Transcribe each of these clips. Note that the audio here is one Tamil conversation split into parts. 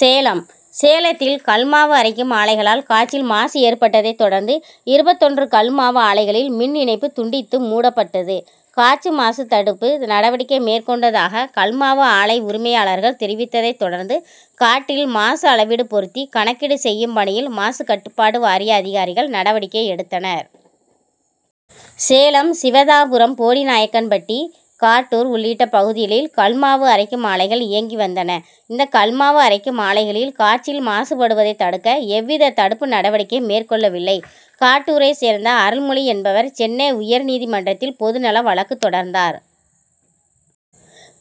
சேலம் சேலத்தில் கல் மாவு அரைக்கும் ஆலைகளால் காற்றில் மாசு ஏற்பட்டதை தொடர்ந்து, இருபத்தொன்று கல் மாவு ஆலைகளில் மின் இணைப்பு துண்டித்து, மூடப்பட்டது. காற்று மாசு தடுப்பு நடவடிக்கை மேற்கொண்டதாக கல் மாவு ஆலை உரிமையாளர்கள் தெரிவித்ததை தொடர்ந்து, காற்றில் மாசு அளவீடு பொருத்தி கணக்கீடு செய்யும் பணியில் மாசுகட்டுப்பாடு வாரிய அதிகாரிகள் நடவடிக்கை எடுத்தனர். சேலம் சிவதாபுரம், போடிநாயக்கன்பட்டி, காட்டூர் உள்ளிட்ட பகுதிகளில் கல் மாவு அரைக்கும் ஆலைகள் இயங்கி வந்தன. இந்த கல் மாவு அரைக்கும் ஆலைகளில் காற்றில் மாசு படுவதை தடுக்க எவ்வித தடுப்பு நடவடிக்கையும் மேற்கொள்ளவில்லை. காட்டூரை சேர்ந்த அருள்மொழி என்பவர் சென்னை உயர் நீதிமன்றத்தில் பொது நல வழக்கு தொடர்ந்தார்.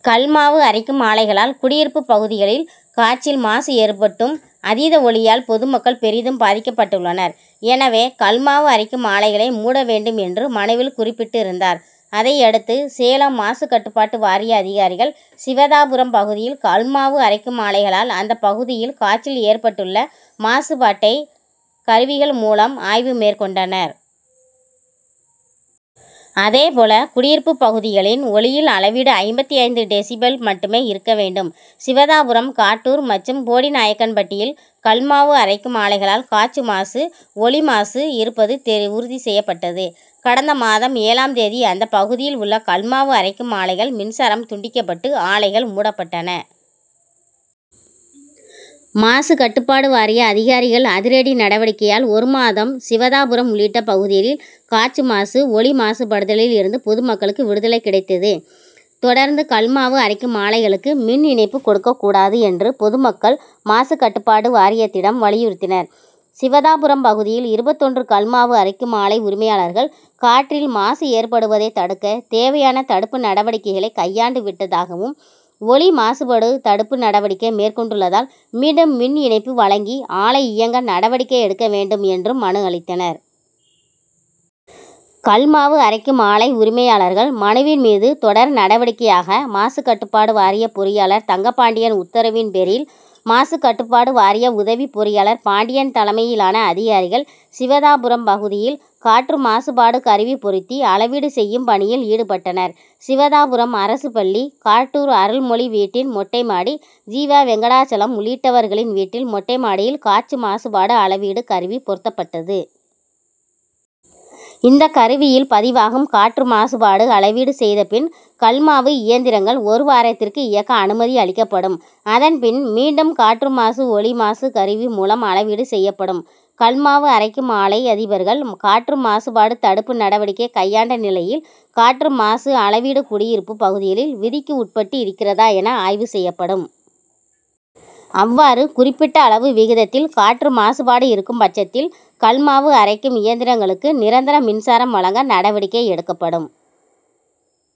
கல் மாவு அரைக்கும் ஆலைகளால் குடியிருப்பு பகுதிகளில் காற்றில் மாசு ஏற்பட்டும், அதீத ஒலியால் பொதுமக்கள் பெரிதும் பாதிக்கப்பட்டுள்ளனர். எனவே, கல் மாவு அரைக்கும் ஆலைகளை மூட வேண்டும் என்று மனுவில் குறிப்பிட்டு இருந்தார். அதையடுத்து, சேலம் மாசுகட்டுப்பாட்டு வாரிய அதிகாரிகள் சிவதாபுரம் பகுதியில கல் மாவு அரைக்கும் ஆலைகளால் அந்த பகுதியில் காற்றில் ஏற்பட்டுள்ள மாசுபாட்டை கருவிகள் மூலம் ஆய்வு மேற்கொண்டனர். அதேபோல, குடியிருப்பு பகுதிகளில் ஒலியின் அளவீடு ஐம்பத்தைந்து டெசிபல் மட்டுமே இருக்க வேண்டும். சிவதாபுரம், காட்டூர் மற்றும் போடிநாயக்கன்பட்டியில் கல் மாவு அரைக்கும் ஆலைகளால் காற்று மாசு, ஒலி மாசு இருப்பது உறுதி செய்யப்பட்டது. கடந்த மாதம் ஏழாம்ம் தேதி அந்த பகுதியில் உள்ள கல் மாவு அரைக்கும் ஆலைகள் மின்சாரம் துண்டிக்கப்பட்டு, ஆலைகள் மூடப்பட்டன. மாசுகட்டுபாடு வாரிய அதிகாரிகள் அதிரடி நடவடிக்கையால் ஒரு மாதம் சிவதாபுரம் உள்ளிட்ட பகுதிகளில் காற்று மாசு, ஒலி மாசுபடுதலில் இருந்து பொதுமக்களுக்கு விடுதலை கிடைத்தது. தொடர்ந்து கல் மாவு அரைக்கும் ஆலைகளுக்கு மின் இணைப்பு கொடுக்க கூடாது என்று பொதுமக்கள் மாசுகட்டுப்பாடு வாரியத்திடம் வலியுறுத்தினர். சிவதாபுரம் பகுதியில் இருபத்தொன்று கல் மாவு அரைக்கும் ஆலை உரிமையாளர்கள், காற்றில் மாசு ஏற்படுவதை தடுக்க தேவையான தடுப்பு நடவடிக்கை கையாண்டு விட்டதாகவும், ஒலி மாசுபாடு தடுப்பு நடவடிக்கை மேற்கொண்டுள்ளதால், மீண்டும் மின் இணைப்பு வழங்கி ஆலை இயங்க நடவடிக்கை எடுக்க வேண்டும்' என்று மனு அளித்தனர். கல் மாவு அரைக்கும் ஆலை உரிமையாளர்கள் மனுவின் மீது தொடர் நடவடிக்கையாக மாசுகட்டுப்பாடு வாரிய பொறியாளர் தங்கபாண்டியன் உத்தரவின் பேரில் மாசுகட்டுப்பாடு வாரிய உதவி பொறியாளர் பாண்டியன் தலைமையிலான அதிகாரிகள் சிவதாபுரம் பகுதியில் காற்று மாசுபாடு கருவி பொருத்தி அளவீடு செய்யும் பணியில் ஈடுபட்டனர். சிவதாபுரம் அரசு பள்ளி, காட்டூர் அருள்மொழி வீட்டின் மொட்டை மாடி, ஜீவா, வெங்கடாசலம் உள்ளிட்டவர்களின் வீட்டின் மொட்டை மாடியில் காற்று மாசுபாடு அளவீடு கருவி பொருத்தப்பட்டது. இந்த கருவியில் பதிவாகும் காற்று மாசுபாடு அளவீடு செய்த பின், கல் மாவு இயந்திரங்கள் ஒரு வாரத்துக்கு இயக்க அனுமதி அளிக்கப்படும். அதன் பின், மீண்டும் காற்று மாசு, ஒலி மாசு கருவி மூலம் அளவீடு செய்யப்படும். கல் மாவு அரைக்கும் ஆலை அதிபர்கள் காற்று மாசுபாடு தடுப்பு நடவடிக்கை கையாண்ட நிலையில் காற்று மாசு அளவீடு குடியிருப்பு பகுதிகளில் விதிக்கு உட்பட்டு இருக்கிறதா என ஆய்வு செய்யப்படும். அவ்வாறு குறிப்பிட்ட அளவு விகிதத்தில் காற்று மாசுபாடு இருக்கும்பட்சத்தில் கல் மாவு அரைக்கும் இயந்திரங்களுக்கு நிரந்தர மின்சாரம் வழங்க நடவடிக்கை எடுக்கப்படும்.